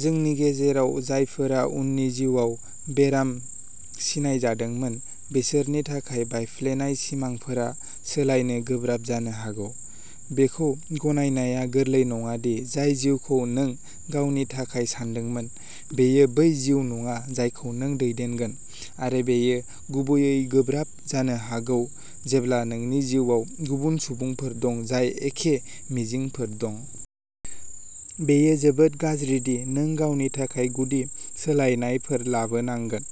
जोंनि गेजेराव जायफोरा उननि जिउआव बेराम सिनायजादोंमोन, बिसोरनि थाखाय बायफ्लेनाय सिमांफोरा सोलायनो गोब्राब जानो हागौ। बेखौ गनायनाया गोरलै नङा दि जाय जिउखौ नों गावनि थाखाय सानदोंमोन, बेयो बै जिउ नङा जायखौ नों दैदेनगोन, आरो बेयो गुबैयै गोब्राब जानो हागौ जेब्ला नोंनि जिउआव गुबुन सुबुंफोर दं जाय एखे मिजिंफोर दं। बेयो जोबोद गाज्रि दि नों गावनि थाखाय गुदि सोलायनायफोर लाबोनांगोन;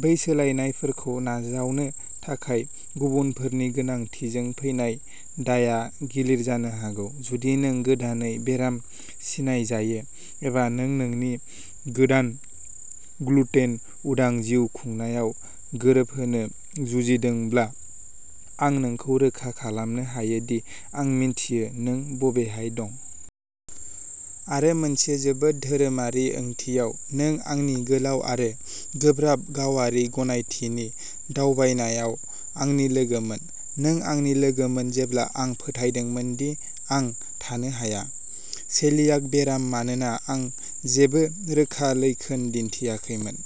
बै सोलायनायफोरखौ नाजावनो थाखाय गुबुनफोरनि गोनांथिजों फैनाय दायआ गिलिर जानो हागौ। जुदि नों गोदानै बेराम सिनायजायो एबा नों नोंनि गोदान ग्लुटेन-उदां जिउ खुंनायाव गोरोबहोनो जुजिदोंब्ला, आं नोंखौ रोखा खालामनो हायो दि आं मिन्थियो नों बबेहाय दं। आरो मोनसे जोबोद धोरोमारि ओंथियाव, नों आंनि गोलाव आरो गोब्राब गावारि गनायथिनि दावबायनायाव आंनि लोगोमोन। नों आंनि लोगोमोन जेब्ला आं फोथायदोंमोन दि आं थानो हाया। सेलियाक बेराम मानोना आं जेबो रोखा लैखोन दिन्थियाखैमोन।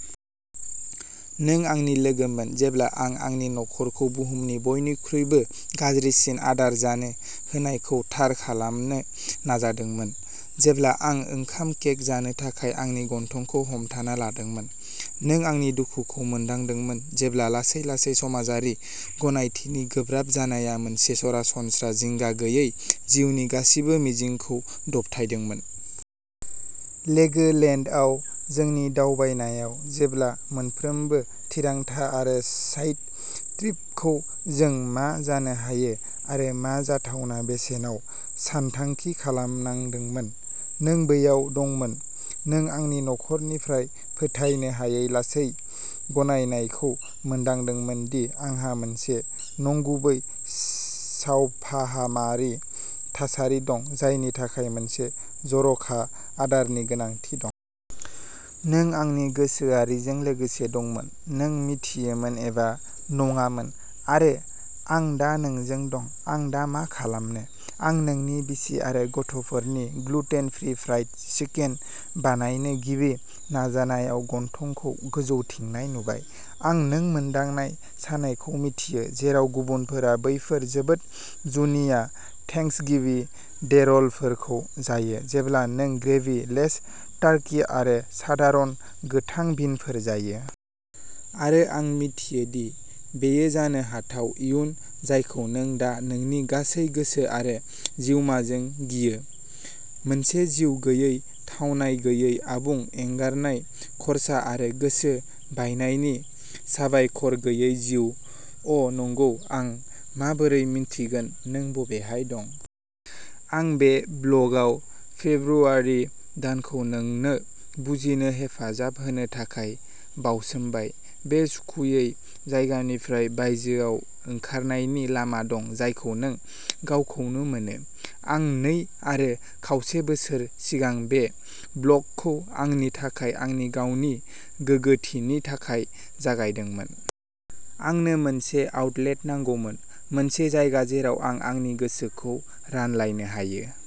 नों आंनि लोगोमोन जेब्ला आं आंनि नखरखौ बुहुमनि बयनिख्रुइबो गाज्रिसिन "आदार" जानो होनायखौ थार खालामनो नाजादोंमोन, जेब्ला आं ओंखाम केक जानो थाखाय आंनि गन्थंखौ हमथाना लादोंमोन। नों आंनि दुखुखौ मोनदांदोंमोन जेब्ला लासै-लासै समाजारि गनायथिनि गोब्राब जानाया मोनसे "सरासनस्रा" जिंगा गैयै जिउनि गासिबो मिजिंखौ दबथायदोंमोन। लेगो लेन्डआव जोंनि दावबायनायाव, जेब्ला मोनफ्रोमबो थिरांथा आरो साइड ट्रिपखौ जों मा जानो हायो आरो मा जाथावना बेसेनाव सानथांखि खालामनांदोंमोन, नों बैयाव दंमोन। नों आंनि नखरनिफ्राय फोथायनो हायै लासै गनायनायखौ मोनदांदोंमोन दि आंहा मोनसे "नंगुबै" सावफाहामारि थासारि दं जायनि थाखाय मोनसे जर'खा आदारनि गोनांथि दं। नों आंनि गोसोआरिजों लोगोसे दंमोन, नों मिथियोमोन एबा नङामोन। आरो आं दा नोंजों दं! "आं दा मा खालामनो?" आं नोंनि बिसि आरो गथ'फोरनि ग्लुटेन-फ्रि फ्राइड चिकेन बानायनो गिबि नाजानायाव गन्थंखौ गोजौथिंनाय नुबाय। आं नों मोन्दांनाय सानायखौ मिथियो, जेराव गुबुनफोरा बैफोर जोबोद जुनिया थेंक्सगिविं डे र'लफोरखौ जायो, जेब्ला नों ग्रेभि-लेस टार्कि आरो सादारन गोथां बिनफोर जायो। आरो आं मिथियो दि बेयो जानो हाथाव इयुन जायखौ नों दा नोंनि गासै गोसो आरो जिउमाजों गियो, मोनसे जिउ गैयै, थावनाय गैयै, आबुं एंगारनाय, खर्सा आरो गोसो बायनायनि साबायखर गैयै जिउ। अ'नंगौ, आं माबोरै मिन्थिगोन नों बबेहाय दं! आं बे ब्लगआव फेब्रुआरि दानखौ नोंनो बुजिनो हेफाजाब होनो थाखाय बावसोमबाय बे सुखुयै जायगानिफ्राय "बायजोआव" ओंखारनायनि लामा दं जायखौ नों गावखौनो मोनो। आं नै आरो खावसे बोसोर सिगां बे ब्लगखौ आंनि थाखाय, आंनि गावनि गोगोथिनि थाखाय जागायदोंमोन। आंनो मोनसे आउटलेट नांगौमोन, मोनसे जायगा जेराव आं आंनि गोसोखौ रानलायनो हायो।